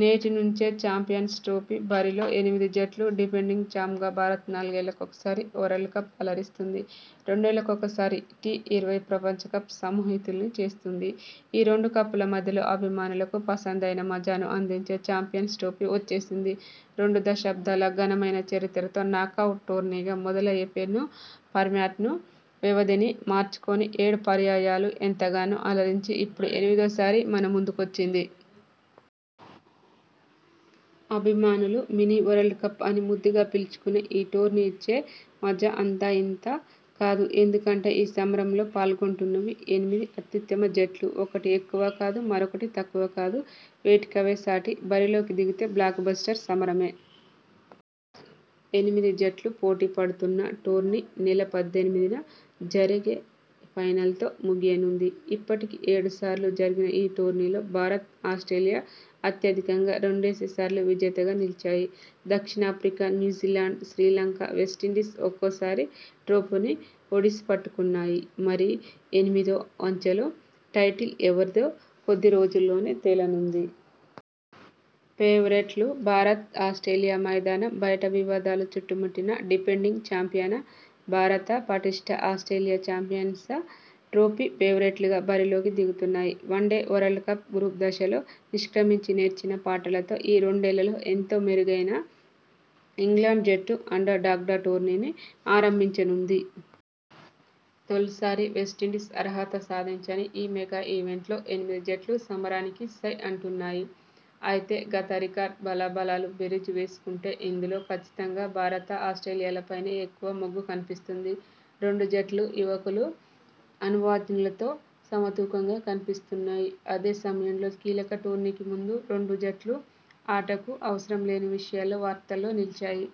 నేటి నుంచే champions trophy బరిలో ఎనిమిది జట్లు డిఫెండింగ్ చాంప్గా భారత్నాలుగేళ్లకోసారి వరల్డ్ కప్ అలరిస్తోంది! రెండేళ్లకోసారి టీ-ఇరవై ప్రపంచకప్ సమ్మోహితుల్ని చేస్తోంది! ఈ రెండు కప్పుల మధ్యలో అభిమానులకు పసందైన మజాను అందించే చాంపియన్స్ ట్రోఫీ వచ్చేసింది! రెండు దశాబ్దాల ఘనమైన చరిత్రతో నాకౌట్ టోర్నీగా మొదలై పేరును ఫార్మాట్ను వ్యవధిని మార్చుకొని ఏడు పర్యాయాలు ఎంతగానో అలరించి ఇప్పుడు ఎనిమిదో సారి మన ముందుకొచ్చింది! అభిమానులు 'మినీ వరల్డ్ కప్' అని ముద్దుగా పిలుచుకునే ఈ టోర్నీ ఇచ్చే మజా అంతా ఇంతా కాదు! ఎందుకంటే ఈ సమరంలో పాల్గొంటున్నవి ఎనిమిది అత్యుత్తమ జట్లు! ఒకటి ఎక్కువా కాదు మరొకటి తక్కువా కాదు! వేటికవేసాటి! బరిలోకి దిగితే బ్లాక్ బస్టర్ సమరమే! ఎనిమిది జట్లు పోటీ పడుతున్న టోర్నీ నెల పద్దెనిమిదిన జరిగే ఫైనల్తో ముగియనుంది. ఇప్పటికి ఏడు సార్లు జరిగిన ఈ టోర్నీలో భారత్, ఆస్ట్రేలియా అత్యధికంగా రెండేసి సార్లు విజేతగా నిలిచాయి. దక్షిణాఫ్రికా, న్యూజిలాండ్, శ్రీలంక, వెస్టిండీస్ ఒక్కోసారి ట్రోఫీని ఒడిసిపట్టుకున్నాయి. మరి ఎనిమిదో అంచెలో టైటిల్ ఎవరిదో కొద్ది రోజుల్లోనే తేలనుంది. ఫేవరెట్లు భారత్, ఆస్ట్రేలియా మైదానం బయట వివాదాలు చుట్టుముట్టినా డిఫెండింగ్ చాంపియన భారత, పటిష్ఠ ఆస్ట్రేలియా చాంపియన్స ట్రోఫీ ఫేవరెట్లుగా బరిలోకి దిగుతున్నాయి. వన్డే వరల్డ్ కప్ గ్రూప్ దశలో నిష్క్రమించి నేర్చిన పాఠాలతో ఈ రెండేళ్లలో ఎంతో మెరైగన ఇంగ్లండ్ జట్టు అండర్ డాగ్గా టోర్నీని ఆరంభించనుంది. తొలిసారి వెస్టిండీస్ అర్హత సాధించని ఈ మెగా ఈవెంట్లో ఎనిమిది జట్లు సమరానికి సై అంటున్నాయి. అయితే, గత రికార్డు, బలాబలాలు బేరీజు వేసుకుంటే ఇందులో కచ్చితంగా భారత, ఆస్ట్రేలియాలపైనే ఎక్కువ మొగ్గు కనిపిస్తోంది. రెండు జట్లూ యువకులు, అనుభవజ్ఞులతో సమతూకంగా కనిపిస్తున్నాయి. అదే సమయంలో కీలక టోర్నీకి ముందు రెండు జట్లూ ఆటకు అవసరం లేని విషయాల్లో వార్తల్లో నిలిచాయి.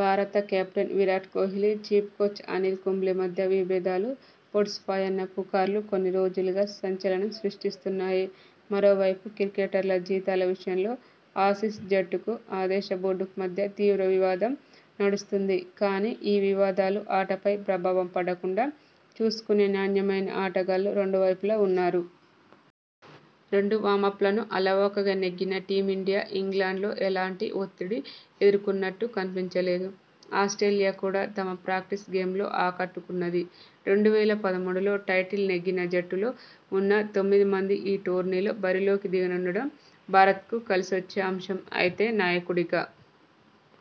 భారత captain Virat Kohli, chief coach Anil Kumble మధ్య విబేధాలు పొడసూ పాయన్న పుకార్లు కొన్ని రోజులుగా సంచలనం సృష్టిస్తున్నాయి. మరోవైపు క్రికెటర్ల జీతాల విషయంలో ఆసీస్ జట్టుకు ఆ దేశ బోర్డుకు మధ్య తీవ్ర వివాదం నడుస్తోంది. కానీ, ఈ వివాదాలు ఆటపై ప్రభావం పడకుండా చూసుకునే నాణ్యమైన ఆటగాళ్లు రెండు వైపులా ఉన్నారు. రెండు వామ్పలను అలవోకగా నెగ్గిన టీమిండియా ఇంగ్లండ్లో ఎలాంటి ఒత్తిడి ఎదుర్కొన్నట్టు కనిపించలేదు. ఆస్ట్రేలియా కూడా తమ ప్రాక్టీస్ గేమ్ల్లో ఆకట్టుకున్నది. రెండు వేల పదమూడులో టైటిల్ నెగ్గిన జట్టులో ఉన్న తొమ్మిది మంది ఈ టోర్నీలో బరిలోకి దిగనుండడం భారత్కు కలిసొచ్చే అంశం. అయితే, నాయకుడిగా